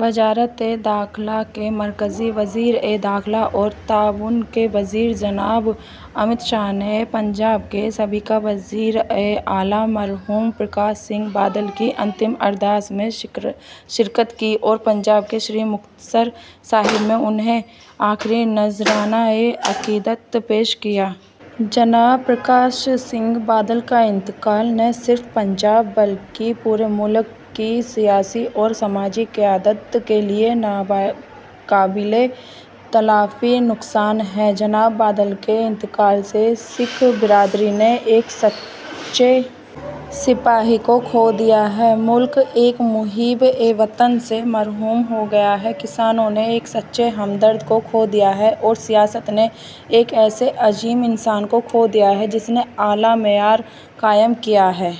وزارت داخلہ کے مرکزی وزیر داخلہ اور تعاون کے وزیر، جناب امت شاہ نے پنجاب کے سابق وزیر اعلیٰ آنجہانی پرکاش سنگھ بادل کی انتم ارداس میں حصہ لیا اور پنجاب کے سری مکتسر صاحب میں انہیں آخری نذرانۂ عقیدت پیش کیا۔ جناب پرکاش سنگھ بادل کا انتقال نہ صرف پنجاب بلکہ پورے ملک کی سیاسی اور سماجی قیادت کے لیے ناقابل تلافی نقصان ہے۔ جناب بادل کے انتقال سے سکھ برادری نے ایک سچے سپاہی کو کھو دیا ہے، ملک ایک محب وطن سے محروم ہو گیا ہے، کسانوں نے ایک سچے ہمدرد کو کھو دیا ہے اور سیاست نے ایک ایسے عظیم انسان کو کھو دیا ہے جس نے اعلیٰ معیار قائم کیا ہے۔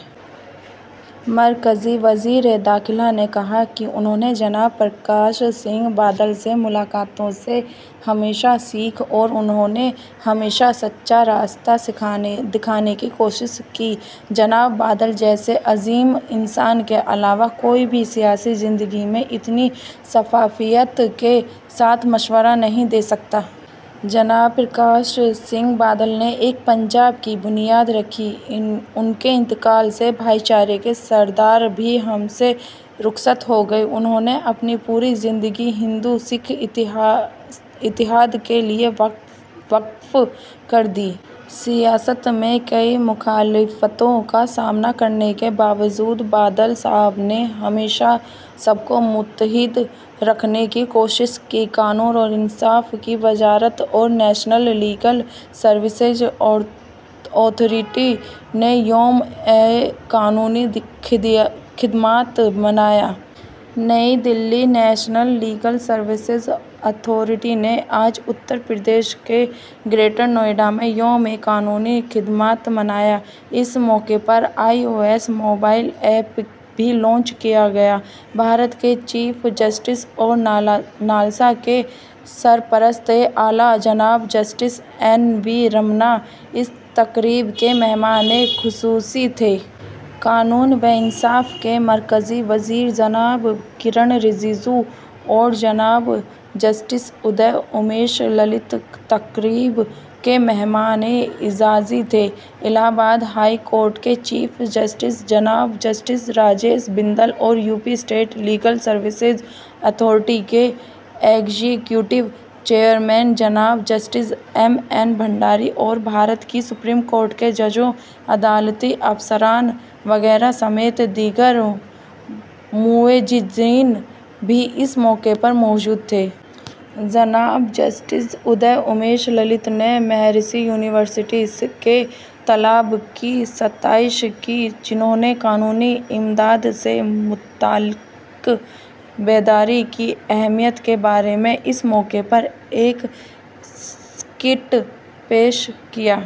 مرکزی وزیر داخلہ نے کہا کہ انہوں نے جناب پرکاش سنگھ بادل سے ملاقاتوں سے ہمیشہ سیکھا اور انہوں نے ہمیشہ سچا راستہ دکھانے کی کوشش کی۔ جناب بادل جیسے عظیم انسان کے علاوہ کوئی بھی سیاسی زندگی میں اتنی شفافیت کے ساتھ مشورہ نہیں دے سکتا۔ جناب پرکاش سنگھ بادل نے نئے پنجاب کی بنیاد رکھی۔ ان کے انتقال سے بھائی چارے کے سردار بھی ہم سے رخصت ہو گئے۔ انہوں نے اپنی پوری زندگی ہندو سکھ اتحاد کے لیے وقف کر دی۔ سیاست میں کئی مخالفتوں کا سامنا کرنے کے باوجود بادل صاحب نے ہمیشہ سب کو متحد رکھنے کی کوشش کی۔ قانون اور انصاف کی وزارت اور نیشنل لیگل سروسز اتھارٹی نے یوم قانونی خدمات منایا۔ نئی Delhi, national legal services authority نے آج اتر پردیش کے گریٹر نوئیڈا میں یوم قانونی خدمات منایا۔ اس موقع پر I O S mobile app بھی لانچ کیا گیا۔ بھارت کے چیف جسٹس اور نالسا کے سرپرست اعلیٰ، جناب جسٹس این وی رامانا، اس تقریب کے مہمان خصوصی تھے۔ قانون و انصاف کے مرکزی وزیر جناب کرن رجیجو اور جناب جسٹس ادے امیش للت تقریب کے مہمانان اعزازی تھے۔ الٰہ آباد ہائی کورٹ کے چیف جسٹس، جناب جسٹس راجیش بندل، اور UP state legal services authority کے ایگزیکٹو چیئرمین، جناب جسٹس ایم این بھنڈاری، اور بھارت کی سپریم کورٹ کے ججوں، عدالتی افسران وغیرہ سمیت دیگر معززین بھی اس موقع پر موجود تھے۔ جناب جسٹس ادے امیش للت نے مہارشی یونیورسٹی کے طلباء کی ستائش کی، جنہوں نے قانونی امداد سے متعلق بیداری کی اہمیت کے بارے میں اس موقع پر ایک اسکٹ پیش کیا۔